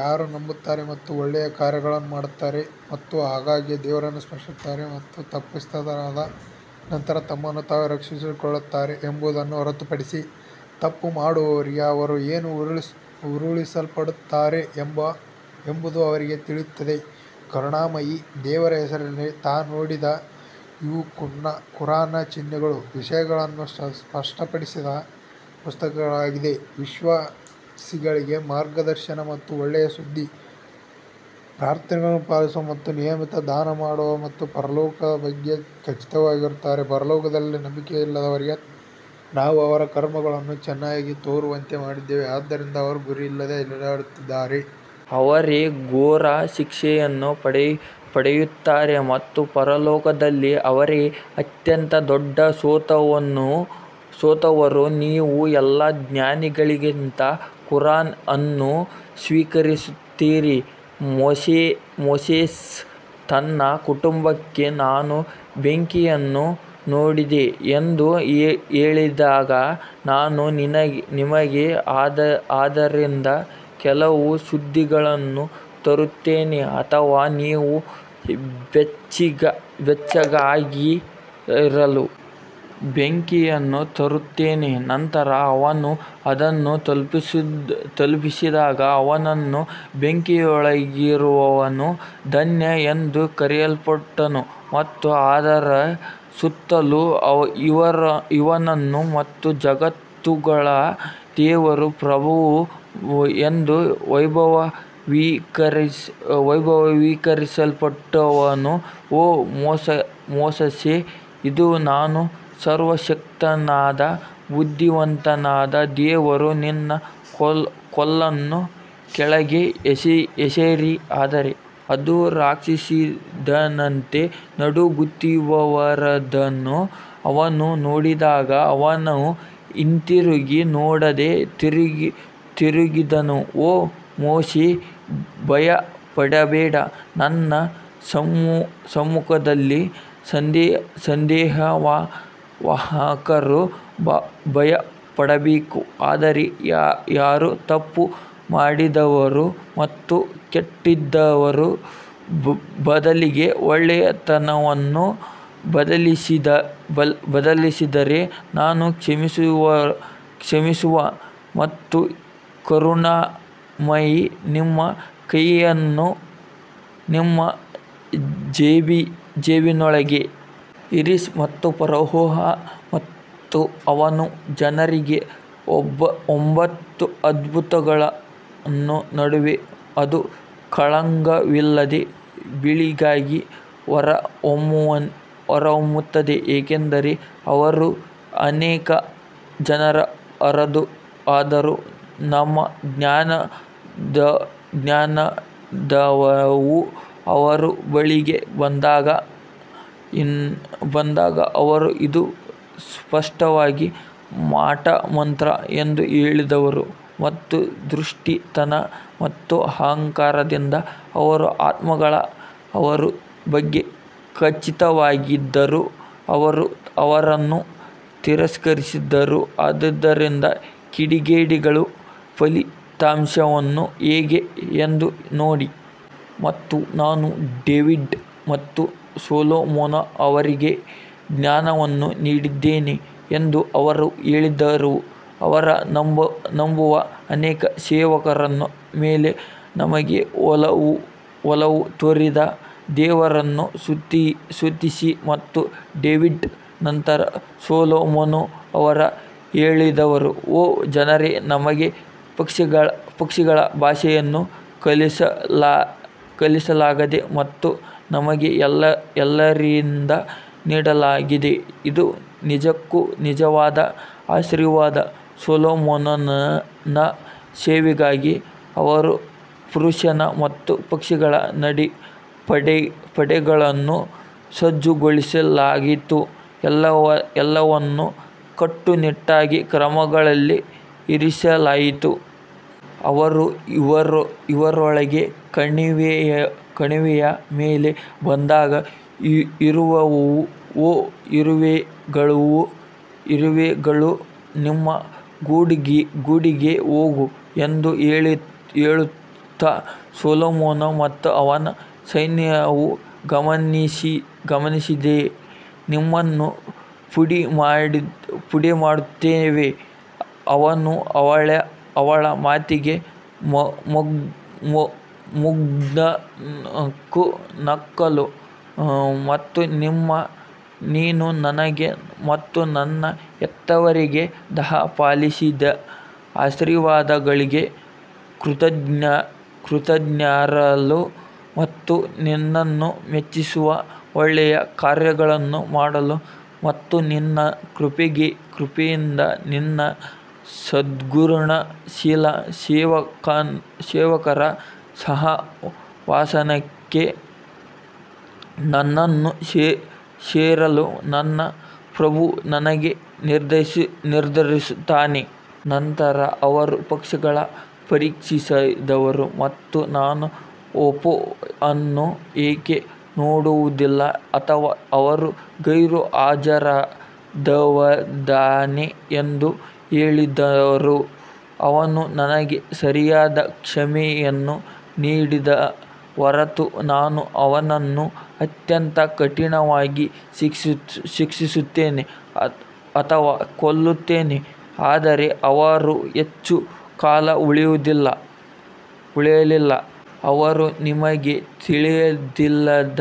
ಯಾರು ನಂಬುತ್ತಾರೆ ಮತ್ತು ಒಳ್ಳೆಯ ಕಾರ್ಯಗಳನ್ನು ಮಾಡುತ್ತಾರೆ ಮತ್ತು ಆಗಾಗ್ಗೆ ದೇವರನ್ನು ಸ್ಮರಿಸುತ್ತಾರೆ ಮತ್ತು ತಪ್ಪಿತಸ್ಥರಾದ ನಂತರ ತಮ್ಮನ್ನು ತಾವು ರಕ್ಷಿಸಿಕೊಳ್ಳುತ್ತಾರೆ ಎಂಬುದನ್ನು ಹೊರತುಪಡಿಸಿ, ತಪ್ಪು ಮಾಡುವವರಿಗೆ ಅವರು ಏನು ಉರುಳಿಸಲ್ಪಡುತ್ತಾರೆ ಎಂಬುದು ಅವರಿಗೆ ತಿಳಿಯುತ್ತದೆ. ಕರುಣಾಮಯಿ ದೇವರ ಹೆಸರಿನಲ್ಲಿ ತಾ ನೋಡಿದ ಇವು ಕುರಾನ್ನ ಚಿಹ್ನೆಗಳು ವಿಷಯಗಳನ್ನು ಸ್ಪಷ್ಟಪಡಿಸುವ ಪುಸ್ತಕವಾಗಿದೆ ವಿಶ್ವಾಸಿಗಳಿಗೆ ಮಾರ್ಗದರ್ಶನ ಮತ್ತು ಒಳ್ಳೆಯ ಸುದ್ದಿ ಪ್ರಾರ್ಥನೆಗಳನ್ನು ಪಾಲಿಸುವವರು ಮತ್ತು ನಿಯಮಿತವಾಗಿ ದಾನ ಮಾಡುವವರು ಮತ್ತು ಪರಲೋಕದ ಬಗ್ಗೆ ಖಚಿತವಾಗಿರುತ್ತಾರೆ ಪರಲೋಕದಲ್ಲಿ ನಂಬಿಕೆಯಿಲ್ಲದವರಿಗೆ ನಾವು ಅವರ ಕರ್ಮಗಳನ್ನು ಚೆನ್ನಾಗಿ ತೋರುವಂತೆ ಮಾಡಿದ್ದೇವೆ ಆದ್ದರಿಂದ ಅವರು ಗುರಿಯಿಲ್ಲದೆ ಅಲೆದಾಡುತ್ತಾರೆ. ಅವರೇ ಘೋರ ಶಿಕ್ಷೆಯನ್ನು ಪಡೆಯುತ್ತಾರೆ ಮತ್ತು ಪರಲೋಕದಲ್ಲಿ ಅವರೇ ಅತ್ಯಂತ ದೊಡ್ಡ ಸೋತವರು ನೀವು ಎಲ್ಲಾ ಜ್ಞಾನಿಗಳಿಂದ ಕುರಾನ್ ಅನ್ನು ಸ್ವೀಕರಿಸುತ್ತೀರಿ ಮೋಸೆಸ್ ತನ್ನ ಕುಟುಂಬಕ್ಕೆ ನಾನು ಬೆಂಕಿಯನ್ನು ನೋಡಿದೆ ಎಂದು ಹೇಳಿದಾಗ ನಾನು ನಿಮಗೆ ಅದರಿಂದ ಕೆಲವು ಸುದ್ದಿಗಳನ್ನು ತರುತ್ತೇನೆ ಅಥವಾ ನೀವು ಬೆಚ್ಚಗಾಗಲು ಬೆಂಕಿಯನ್ನು ತರುತ್ತೇನೆ ನಂತರ ಅವನು ಅದನ್ನು ತಲುಪಿದಾಗ ಅವನನ್ನು ಬೆಂಕಿಯೊಳಗಿರುವವನು ಧನ್ಯ ಎಂದು ಕರೆಯಲ್ಪಟ್ಟನು ಮತ್ತು ಅದರ ಸುತ್ತಲೂ ಇರುವವನು ಮತ್ತು ಜಗತ್ತುಗಳ ದೇವರ ಪ್ರಭು ಎಂದು ವೈಭವೀಕರಿಸಲ್ಪಟ್ಟವನು ಓ ಮೋಸೆಸ್ ಇದು ನಾನು ಸರ್ವಶಕ್ತನಾದ ಬುದ್ಧಿವಂತನಾದ ದೇವರು ನಿನ್ನ ಕೋಲನ್ನು ಕೆಳಗೆ ಎಸೆಯಿರಿ ಆದರೆ ಅದು ರಾಕ್ಷಸನಂತೆ ನಡುಗುತ್ತಿರುವುದನ್ನು ಅವನು ನೋಡಿದಾಗ ಅವನು ಹಿಂತಿರುಗಿ ನೋಡದೆ ತಿರುಗಿದನು ಓ ಮೋಶೆ ಭಯಪಡಬೇಡ ನನ್ನ ಸಮ್ಮುಖದಲ್ಲಿ ಸಂದೇಶವಾಹಕರು ಭಯಪಡಬೇಡಿ ಆದರೆ ಯಾರು ತಪ್ಪು ಮಾಡಿದರೂ ಮತ್ತು ಕೆಟ್ಟದ್ದರ ಬದಲಿಗೆ ಒಳ್ಳೆಯತನವನ್ನು ಬದಲಿಸಿದರೆ ನಾನು ಕ್ಷಮಿಸುವ ಮತ್ತು ಕರುಣಾಮಯಿ ನಿಮ್ಮ ಕೈಯನ್ನು ನಿಮ್ಮ ಜೇಬಿನೊಳಗೆ ಇರಿಸಿ ಮತ್ತು ಫರೋಹ ಮತ್ತು ಅವನ ಜನರಿಗೆ ಒಂಬತ್ತು ಅದ್ಭುತಗಳ ನಡುವೆ ಅದು ಕಳಂಕವಿಲ್ಲದೆ ಬಿಳಿಯಾಗಿ ಹೊರಹೊಮ್ಮುತ್ತದೆ ಏಕೆಂದರೆ ಅವರು ಅನೈತಿಕ ಜನರು ಆದರೂ ನಮ್ಮ ಜ್ಞಾನೋದಯವು ಅವರ ಬಳಿಗೆ ಬಂದಾಗ ಅವರು ಇದು ಸ್ಪಷ್ಟವಾದ ಮಾಟಮಂತ್ರ ಎಂದು ಹೇಳಿದರು ಮತ್ತು ದುಷ್ಟತನ ಮತ್ತು ಅಹಂಕಾರದಿಂದ ಅವರ ಆತ್ಮಗಳು ಅವರ ಬಗ್ಗೆ ಖಚಿತವಾಗಿದ್ದರೂ ಅವರು ಅವರನ್ನು ತಿರಸ್ಕರಿಸಿದರು, ಆದ್ದರಿಂದ ಕಿಡಿಗೇಡಿಗಳ ಫಲಿತಾಂಶವು ಹೇಗೆ ಎಂದು ನೋಡಿ. ಮತ್ತು ನಾವು ಡೇವಿಡ್ ಮತ್ತು ಸೊಲೊಮನ್ ಅವರಿಗೆ ಜ್ಞಾನವನ್ನು ನೀಡಿದ್ದೇವೆ ಎಂದು ಅವರು ಹೇಳಿದರು, ಅವರ ನಂಬುವ ಅನೇಕ ಸೇವಕರ ಮೇಲೆ ನಮಗೆ ಒಲವು ತೋರಿದ ದೇವರನ್ನು ಸ್ತುತಿಸಿ ಮತ್ತು ಡೇವಿಡ್ ನಂತರ ಸೊಲೊಮನ್ ಅವರು ಹೇಳಿದರು ಓ ಜನರೇ ನಮಗೆ ಪಕ್ಷಿಗಳ ಭಾಷೆಯನ್ನು ಕಲಿಸಲಾಗಿದೆ ಮತ್ತು ನಮಗೆ ಎಲ್ಲದರಿಂದ ನೀಡಲಾಗಿದೆ ಇದು ನಿಜಕ್ಕೂ ನಿಜವಾದ ಆಶೀರ್ವಾದ ಸೊಲೊಮೋನನ ಸೇವೆಗಾಗಿ ಅವನ ಪುರುಷ ಮತ್ತು ಪಕ್ಷಿಗಳ ಪಡೆಗಳನ್ನು ಸಜ್ಜುಗೊಳಿಸಲಾಯಿತು, ಎಲ್ಲವನ್ನೂ ಕಟ್ಟುನಿಟ್ಟಾದ ಕ್ರಮದಲ್ಲಿ ಇರಿಸಲಾಯಿತು. ಅವರು ಇರುವೆಗಳ ಕಣಿವೆಯ ಮೇಲೆ ಬಂದಾಗ ಇರುವೆಯು ಓ ಇರುವೆಗಳು ನಿಮ್ಮ ಗೂಡುಗಳಿಗೆ ಹೋಗು ಎಂದು ಹೇಳಿತು, ಸೊಲೊಮನ್ ಮತ್ತು ಅವನ ಸೈನ್ಯವು ಗಮನಿಸದೆ ನಿಮ್ಮನ್ನು ಪುಡಿಮಾಡುತ್ತದೆ. ಅವನು ಅವಳ ಮಾತಿಗೆ ಮುಗುಳ್ನಕ್ಕು ನಕ್ಕನು ಮತ್ತು ನೀನು ನನಗೆ ಮತ್ತು ನನ್ನ ಹೆತ್ತವರಿಗೆ ದಯಪಾಲಿಸಿದ ಆಶೀರ್ವಾದಗಳಿಗೆ ಕೃತಜ್ಞನಾಗಿರಲು ಮತ್ತು ನಿನ್ನನ್ನು ಮೆಚ್ಚಿಸುವ ಒಳ್ಳೆಯ ಕಾರ್ಯಗಳನ್ನು ಮಾಡಲು ಮತ್ತು ನಿನ್ನ ಕೃಪೆಯಿಂದ ನಿನ್ನ ಸದ್ಗುಣಶೀಲ ಸೇವಕರ ಸಹವಾಸಕ್ಕೆ ನನ್ನನ್ನು ಸೇರಿಸಲು ನನ್ನ ಪ್ರಭು ನನಗೆ ನಿರ್ದೇಶಿಸುತ್ತಾನೆ. ನಂತರ ಅವರು ಪಕ್ಷಿಗಳನ್ನು ಪರೀಕ್ಷಿಸಿದರು ಮತ್ತು ನಾನು ಹೂಪೋ ಅನ್ನು ಏಕೆ ನೋಡುವುದಿಲ್ಲ ಅಥವಾ ಅವನು ಗೈರುಹಾಜರಾದವರಲ್ಲಿದ್ದಾನೆ ಎಂದು ಹೇಳಿದರು. ಅವನು ನನಗೆ ಸರಿಯಾದ ಕ್ಷಮೆಯನ್ನು ನೀಡದ ಹೊರತು ನಾನು ಅವನನ್ನು ಅತ್ಯಂತ ಕಠಿಣವಾಗಿ ಶಿಕ್ಷಿಸುತ್ತೇನೆ ಅಥವಾ ಕೊಲ್ಲುತ್ತೇನೆ ಆದರೆ ಅವರು ಹೆಚ್ಚು ಕಾಲ ಉಳಿಯಲಿಲ್ಲ ಅವರು ನಿಮಗೆ ತಿಳಿದಿಲ್ಲದ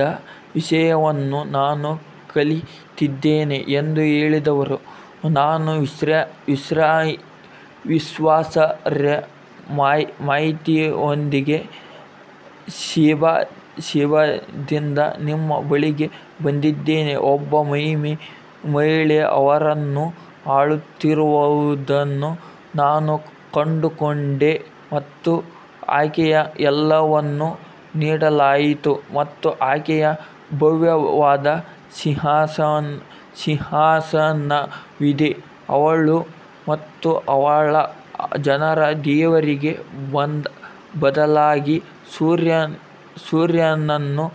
ವಿಷಯವನ್ನು ನಾನು ಕಲಿತಿದ್ದೇನೆ ಎಂದು ಹೇಳಿದರು ನಾನು ವಿಶ್ವಾಸಾರ್ಹ ಮಾಹಿತಿಯೊಂದಿಗೆ ಶೆಬಾದಿಂದ ನಿಮ್ಮ ಬಳಿಗೆ ಬಂದಿದ್ದೇನೆ ಒಬ್ಬ ಮಹಿಳೆ ಅವರನ್ನು ಆಳುತ್ತಿರುವುದನ್ನು ನಾನು ಕಂಡುಕೊಂಡೆ ಮತ್ತು ಆಕೆಗೆ ಎಲ್ಲವನ್ನೂ ನೀಡಲಾಯಿತು ಮತ್ತು ಆಕೆಗೆ ಭವ್ಯವಾದ ಸಿಂಹಾಸನವಿದೆ ಅವಳು ಮತ್ತು ಅವಳ ಜನರು ದೇವರಿಗೆ ಬದಲಾಗಿ ಸೂರ್ಯನನ್ನು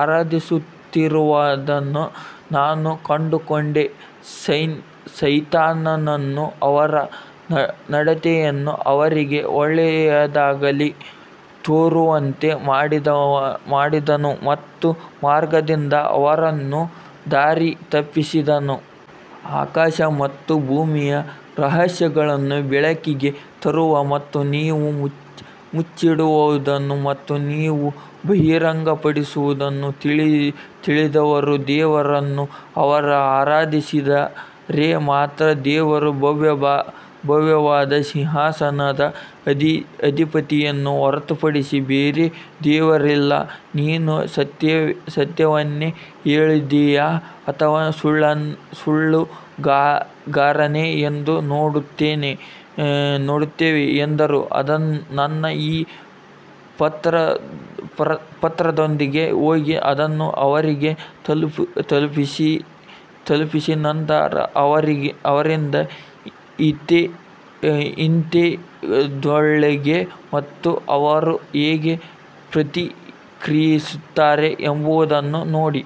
ಆರಾಧಿಸುತ್ತಿರುವುದನ್ನು ನಾನು ಕಂಡುಕೊಂಡೆ ಸೈತಾನನು ಅವರ ನಡತೆಯನ್ನು ಅವರಿಗೆ ಒಳ್ಳೆಯದಾಗಿ ತೋರುವಂತೆ ಮಾಡಿದನು ಮತ್ತು ಮಾರ್ಗದಿಂದ ಅವರನ್ನು ದಾರಿ ತಪ್ಪಿಸಿದನು. ಆಕಾಶ ಮತ್ತು ಭೂಮಿಯ ರಹಸ್ಯಗಳನ್ನು ಬೆಳಕಿಗೆ ತರುವ ಮತ್ತು ನೀವು ಮುಚ್ಚಿಡುವುದನ್ನು ಮತ್ತು ನೀವು ಬಹಿರಂಗಪಡಿಸುವದನ್ನು ತಿಳಿದಿರುವ ದೇವರನ್ನು ಅವರು ಆರಾಧಿಸಿದರೆ ಮಾತ್ರ ದೇವರು ಭವ್ಯವಾದ ಸಿಂಹಾಸನದ ಅಧಿಪತಿಯನ್ನು ಹೊರತುಪಡಿಸಿ ಬೇರೆ ದೇವರಿಲ್ಲ ನೀನು ಸತ್ಯವನ್ನೇ ಹೇಳಿದ್ದೀಯಾ ಅಥವಾ ಸುಳ್ಳುಗಾರನೇ ಎಂದು ನೋಡುತ್ತೇವೆ ಎಂದರು ನನ್ನ ಈ ಪತ್ರದೊಂದಿಗೆ ಹೋಗಿ ಅದನ್ನು ಅವರಿಗೆ ತಲುಪಿಸಿ ನಂತರ ಅವರಿಂದ ಹಿಂತೆಗೆದುಕೊಳ್ಳಿ ಮತ್ತು ಅವರು ಹೇಗೆ ಪ್ರತಿಕ್ರಿಯಿಸುತ್ತಾರೆ ಎಂಬುದನ್ನು ನೋಡಿ.